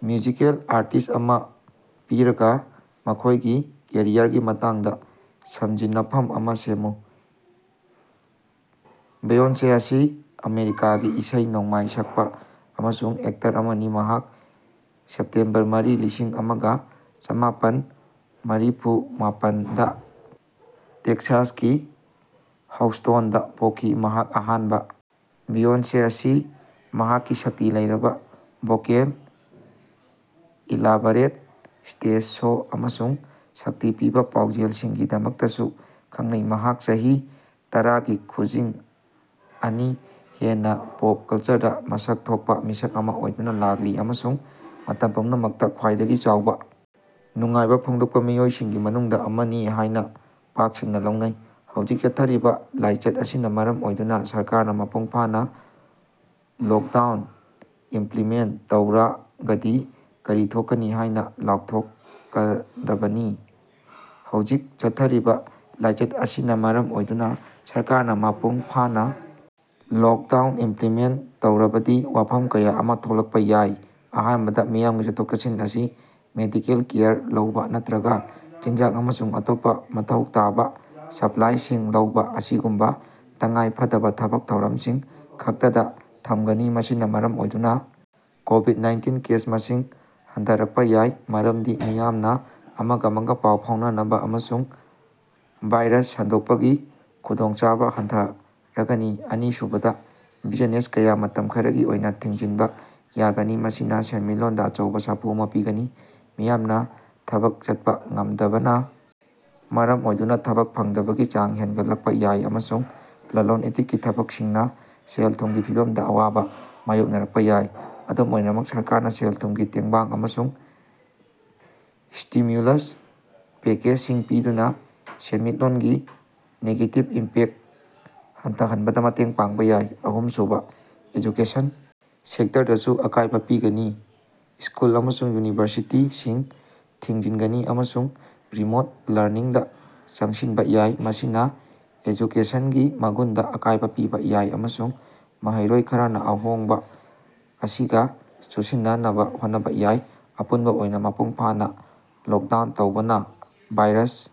Musical artist ꯑꯃ ꯄꯤꯔꯒ, ꯃꯈꯣꯏꯒꯤ ꯀꯦꯔꯤꯌꯔꯒꯤ ꯃꯇꯥꯡꯗ ꯁꯝꯖꯤꯟꯅꯐꯝ ꯑꯃ ꯁꯦꯝꯃꯨ꯫ ꯕꯦꯌꯣꯟꯁ ꯑꯁꯤ ꯑꯃꯦꯔꯤꯀꯥꯒꯤ ꯏꯁꯩ ꯅꯣꯡꯃꯥꯏ ꯁꯛꯄ ꯑꯃꯁꯨꯡ ꯑꯦꯛꯇꯔ ꯑꯃꯅꯤ, ꯃꯍꯥꯛ ꯁꯦꯞꯇꯦꯝꯕꯔ ꯃꯔꯤ, ꯂꯤꯁꯤꯡ ꯑꯃꯒ ꯆꯃꯥꯄꯟ ꯃꯔꯤꯐꯨ ꯃꯥꯄꯟ ꯗ ꯇꯦꯛꯁꯥꯁꯀꯤ ꯍꯧꯁ꯭ꯇꯣꯟꯗ ꯄꯣꯛꯈꯤ꯫ ꯃꯍꯥꯛ ꯑꯍꯥꯟꯕ ꯕꯦꯌꯣꯟꯁ ꯑꯁꯤ ꯃꯍꯥꯛꯀꯤ ꯁꯛꯇꯤ ꯂꯩꯔꯕ ꯚꯣꯀꯦꯜ, ꯏꯂꯥꯕꯔꯦꯠ ꯁ꯭ꯇꯦꯖ ꯁꯣ ꯑꯃꯁꯨꯡ ꯁꯛꯇꯤ ꯄꯤꯕ ꯄꯥꯎꯖꯦꯜꯁꯤꯡꯒꯤꯗꯃꯛꯇꯁꯨ ꯈꯪꯅꯩ꯫ ꯃꯍꯥꯛ ꯆꯍꯤ ꯇꯔꯥꯒꯤ ꯈꯨꯖꯤꯡ ꯑꯅꯤ ꯍꯦꯟꯅ ꯄꯣꯞ ꯀꯜꯆꯔꯗ ꯃꯁꯛ ꯊꯣꯛꯄ ꯃꯤꯁꯛ ꯑꯃ ꯑꯣꯏꯗꯨꯅ ꯂꯥꯛꯂꯤ ꯑꯃꯁꯨꯡ ꯃꯇꯝ ꯄꯨꯝꯅꯃꯛꯇ ꯈ꯭ꯋꯥꯏꯗꯒꯤ ꯆꯥꯎꯕ ꯅꯨꯡꯉꯥꯏꯕ ꯐꯣꯡꯗꯣꯛꯄ ꯃꯤꯑꯣꯏꯁꯤꯡꯒꯤ ꯃꯅꯨꯡꯗ ꯑꯃꯅꯤ ꯍꯥꯏꯅ ꯄꯥꯛꯁꯟꯅ ꯂꯧꯅꯩ꯫ ꯍꯧꯖꯤꯛ ꯆꯠꯊꯔꯤꯕ ꯂꯥꯏꯆꯠ ꯑꯁꯤꯅ ꯃꯔꯝ ꯑꯣꯏꯗꯨꯅ ꯁꯔꯀꯥꯔꯅ ꯃꯄꯨꯡ ꯐꯥꯅ ꯂꯣꯛꯗꯥꯎꯟ ꯏꯝꯄ꯭ꯂꯤꯃꯦꯟꯇ ꯇꯧꯔꯒꯗꯤ ꯀꯔꯤ ꯊꯣꯛꯀꯅꯤ ꯍꯥꯏꯅ ꯂꯥꯎꯊꯣꯛꯀꯗꯕꯅꯤ꯫ ꯍꯧꯖꯤꯛ ꯆꯠꯊꯔꯤꯕꯥ ꯂꯥꯏꯆꯠ ꯑꯁꯤꯅ ꯃꯔꯝ ꯑꯣꯏꯗꯨꯅ ꯁꯔꯀꯥꯔꯅ ꯃꯄꯨꯡ ꯐꯥꯅ ꯂꯣꯛꯗꯥꯎꯟ ꯏꯝꯄ꯭ꯂꯤꯃꯦꯟꯇ ꯇꯧꯔꯕꯗꯤ ꯋꯥꯐꯝ ꯀꯌꯥ ꯑꯃ ꯊꯣꯛꯄ ꯌꯥꯏ꯫ ꯑꯍꯥꯟꯕꯗ, ꯃꯤꯌꯥꯝꯒꯤ ꯆꯠꯊꯣꯛ-ꯆꯠꯁꯤꯟ ꯑꯁꯤ ꯃꯦꯗꯤꯀꯦꯜ ꯀꯦꯌꯔ ꯂꯧꯕ ꯅꯠꯇ꯭ꯔꯒ ꯆꯤꯟꯖꯥꯛ ꯑꯃꯁꯨꯡ ꯑꯇꯣꯞꯄ ꯃꯊꯧ ꯇꯥꯕ ꯁꯞꯄ꯭ꯂꯥꯏꯁꯤꯡ ꯂꯧꯕ ꯑꯁꯤꯒꯨꯝꯕ ꯇꯉꯥꯏ ꯐꯗꯕ ꯊꯕꯛ ꯊꯧꯔꯝꯁꯤꯡ ꯈꯛꯇꯗ ꯊꯝꯒꯅꯤ꯫ ꯃꯁꯤꯅ ꯃꯔꯝ ꯑꯣꯏꯗꯨꯅ ꯀꯣꯚꯤꯗ-ꯅꯥꯏꯟꯇꯤꯟ ꯀꯦꯁ ꯃꯁꯤꯡ ꯍꯟꯊꯔꯛꯄ ꯌꯥꯏ, ꯃꯔꯝꯗꯤ ꯃꯤꯌꯥꯝꯅ ꯑꯃꯒ-ꯑꯃꯒ ꯄꯥꯎ ꯐꯥꯎꯅꯅꯕ ꯑꯃꯁꯨꯡ ꯚꯥꯏꯔꯁ ꯁꯟꯗꯣꯛꯄꯒꯤ ꯈꯨꯗꯣꯡꯆꯥꯕ ꯍꯟꯊꯔꯒꯅꯤ꯫ ꯑꯅꯤꯁꯨꯕꯗ, ꯕꯤꯖꯤꯅꯦꯁ ꯀꯌꯥ ꯃꯇꯝ ꯈꯔꯒꯤ ꯑꯣꯏꯅ ꯊꯤꯡꯖꯤꯟꯕ ꯌꯥꯒꯅꯤ, ꯃꯁꯤꯅ ꯁꯦꯟꯃꯤꯠꯂꯣꯟꯗ ꯑꯆꯧꯕ ꯁꯥꯐꯨ ꯑꯃ ꯄꯤꯒꯅꯤ꯫ ꯃꯤꯌꯥꯝꯅ ꯊꯕꯛ ꯆꯠꯄ ꯉꯝꯗꯕꯅ ꯃꯔꯝ ꯑꯣꯏꯗꯨꯅ ꯊꯕꯛ ꯐꯪꯗꯕꯒꯤ ꯆꯥꯡ ꯍꯦꯟꯒꯠꯂꯛꯄ ꯌꯥꯏ, ꯑꯃꯁꯨꯡ ꯂꯂꯣꯟ-ꯏꯇꯤꯛꯀꯤ ꯊꯕꯛꯁꯤꯡꯅ ꯁꯦꯜ-ꯊꯨꯝꯒꯤ ꯐꯤꯚꯝꯗ ꯑꯋꯥꯕ ꯃꯥꯌꯣꯛꯅꯔꯛꯄ ꯌꯥꯏ꯫ ꯑꯗꯨꯝ ꯑꯣꯏꯅꯃꯛ ꯁꯔꯀꯥꯔꯅ ꯁꯦꯜ-ꯊꯨꯃꯒꯤ ꯇꯦꯡꯕꯥꯡ ꯑꯃꯁꯨꯡ ꯁ꯭ꯇꯤꯃ꯭ꯌꯨꯂꯁ ꯄꯦꯀꯦꯖꯁꯤꯡ ꯄꯤꯗꯨꯅ ꯁꯦꯟꯃꯤꯠꯂꯣꯟꯒꯤ ꯅꯦꯒꯦꯇꯤꯚ ꯏꯝꯄꯦꯛꯇ ꯍꯟꯊꯍꯟꯕꯗ ꯃꯇꯦꯡ ꯄꯥꯡꯕ ꯌꯥꯏ꯫ ꯑꯍꯨꯝꯁꯨꯕ, ꯑꯦꯖꯨꯀꯦꯁꯟ ꯁꯦꯛꯇꯔꯗꯁꯨ ꯑꯀꯥꯏꯕ ꯄꯤꯒꯅꯤ, ꯁ꯭ꯀꯨꯜ ꯑꯃꯁꯨꯡ ꯌꯨꯅꯤꯚꯔꯁꯤꯇꯤꯁꯤꯡ ꯊꯤꯡꯖꯤꯟꯒꯅꯤ ꯑꯃꯁꯨꯡ ꯔꯤꯃꯣꯠ ꯂꯔꯅꯤꯡꯗ ꯆꯪꯁꯤꯟꯕ ꯌꯥꯏ꯫ ꯃꯁꯤꯅ ꯑꯦꯖꯨꯀꯦꯁꯟꯒꯤ ꯃꯒꯨꯟꯗ ꯑꯀꯥꯏꯕ ꯄꯤꯕ ꯌꯥꯏ, ꯑꯃꯁꯨꯡ ꯃꯍꯩꯔꯣꯏ ꯈꯔꯅ ꯑꯍꯣꯡꯕ ꯑꯁꯤꯒ ꯆꯨꯁꯤꯟꯅꯅꯕ ꯍꯣꯠꯅꯕ ꯌꯥꯏ꯫ ꯑꯄꯨꯟꯕ ꯑꯣꯏꯅ ꯃꯄꯨꯡ ꯐꯥꯅ ꯂꯣꯛꯗꯥꯎꯟ ꯇꯧꯕꯅ ꯚꯥꯏꯔꯁ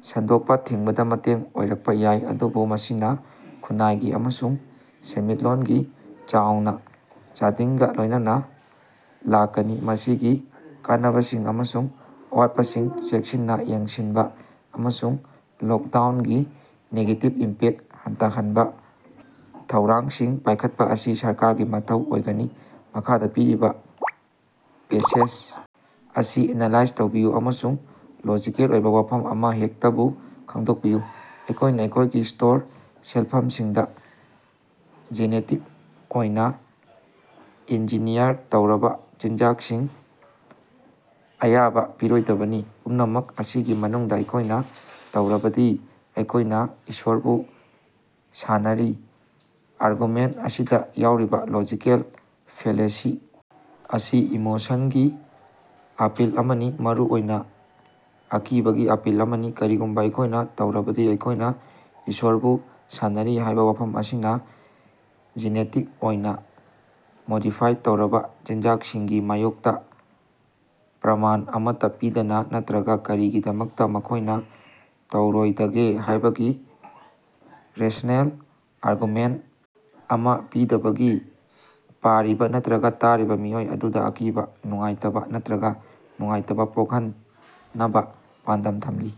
ꯁꯟꯗꯣꯔꯛꯄ ꯊꯤꯡꯕꯗ ꯃꯇꯦꯡ ꯑꯣꯏꯔꯛꯄ ꯌꯥꯏ, ꯑꯗꯨꯕꯨ ꯃꯁꯤꯅ ꯈꯨꯟꯅꯥꯏꯒꯤ ꯑꯃꯁꯨꯡ ꯁꯦꯟꯃꯤꯠꯂꯣꯟꯒꯤ ꯆꯥꯎꯅ ꯆꯥꯗꯤꯡꯒ ꯂꯣꯏꯅꯅ ꯂꯥꯛꯀꯅꯤ꯫ ꯃꯁꯤꯒꯤ ꯀꯥꯟꯅꯕꯁꯤꯡ ꯑꯃꯁꯨꯡ ꯑꯋꯥꯠꯄꯁꯤꯡ ꯆꯦꯛꯁꯤꯟꯅ ꯌꯦꯡꯁꯤꯟꯕ ꯑꯃꯁꯨꯡ ꯂꯣꯛꯗꯥꯎꯅꯒꯤ ꯅꯦꯒꯦꯇꯤꯚ ꯏꯝꯄꯦꯛꯇ ꯍꯟꯊꯍꯟꯅꯕꯥꯊꯧꯔꯥꯡꯁꯤꯡ ꯄꯥꯏꯈꯠꯄ ꯑꯁꯤ ꯁꯔꯀꯥꯔꯒꯤ ꯃꯊꯧ ꯑꯣꯏꯒꯅꯤ꯫ ꯃꯈꯥꯗ ꯄꯤꯔꯤꯕ ꯄꯦꯁꯦꯖ ꯑꯁꯤ ꯑꯦꯅꯂꯥꯏꯖ ꯇꯧꯕꯤꯌꯨ ꯑꯃꯁꯨꯡ ꯂꯣꯖꯤꯀꯦꯜ ꯑꯣꯏꯕ ꯋꯥꯐꯝ ꯑꯃꯍꯦꯛꯇꯕꯨ ꯈꯪꯗꯣꯛꯄꯤꯌꯨ꯫ ꯑꯩꯈꯣꯏꯅ ꯑꯩꯈꯣꯏꯒꯤ ꯁ꯭ꯇꯣꯔ ꯁꯦꯜꯐꯝꯁꯤꯡꯗ ꯖꯤꯅꯦꯇꯤꯛ ꯑꯣꯏꯅ ꯏꯟꯖꯤꯅꯤꯌꯔ ꯇꯧꯔꯕ ꯆꯤꯟꯖꯥꯛꯁꯤꯡ ꯑꯌꯥꯕ ꯄꯤꯔꯣꯏꯗꯕꯅꯤ꯫ ꯄꯨꯝꯅꯃꯛ ꯑꯁꯤꯒꯤ ꯃꯇꯨꯡꯗ ꯑꯩꯈꯣꯏꯅ ꯇꯧꯔꯕꯗꯤ ꯑꯩꯈꯣꯏꯅ ꯏꯁ꯭ꯋꯔꯕꯨ ꯁꯥꯟꯅꯔꯤ꯫ ꯑꯥꯔꯒꯨꯃꯦꯟꯇ ꯑꯁꯤꯗ ꯌꯥꯎꯔꯤꯕ ꯂꯣꯖꯤꯀꯦꯜ ꯐꯦꯂꯦꯁꯤ ꯑꯁꯤ ꯏꯃꯣꯁꯟꯒꯤ ꯑꯄꯤꯜ ꯑꯃꯅꯤ, ꯃꯔꯨꯑꯣꯏꯅ ꯑꯀꯤꯕꯒꯤ ꯑꯄꯤꯜ ꯑꯃꯅꯤ꯫ ꯀꯔꯤꯒꯨꯝꯕ ꯑꯩꯈꯣꯏꯅ ꯇꯧꯔꯕꯗꯤ ꯑꯩꯈꯣꯏꯅ ꯏꯁ꯭ꯋꯔꯕꯨ ꯁꯥꯟꯅꯔꯤ ꯍꯥꯏꯕ ꯋꯥꯐꯝ ꯑꯁꯤꯅ ꯖꯤꯅꯦꯇꯤꯛ ꯑꯣꯏꯅ ꯃꯣꯗꯤꯐꯥꯏꯗ ꯇꯧꯔꯕ ꯆꯤꯟꯖꯥꯛꯁꯤꯡꯒꯤ ꯃꯥꯌꯣꯛꯇ ꯄ꯭ꯔꯃꯥꯟ ꯑꯃꯠꯇ ꯄꯤꯗꯅ ꯅꯠꯇ꯭ꯔꯒ ꯀꯔꯤꯒꯤꯗꯃꯛꯇ ꯃꯈꯣꯏꯅ ꯇꯧꯔꯣꯏꯗꯒꯦ ꯍꯥꯏꯕꯒꯤ ꯔꯦꯁ꯭ꯅꯦꯜ ꯑꯥꯔꯒꯨꯃꯦꯟꯇ ꯑꯃ ꯄꯤꯕꯗꯒꯤ ꯄꯥꯔꯤꯕ ꯅꯠꯇ꯭ꯔꯒ ꯇꯥꯔꯤꯕ ꯃꯤꯑꯣꯏ ꯑꯗꯨꯗ ꯑꯀꯤꯕ, ꯅꯨꯡꯉꯥꯏꯇꯕ ꯅꯠꯇ꯭ꯔꯒ ꯅꯨꯡꯉꯥꯏꯇꯕ ꯄꯣꯛꯍꯟꯅꯕ ꯄꯥꯟꯗꯝ ꯊꯝꯂꯤ꯫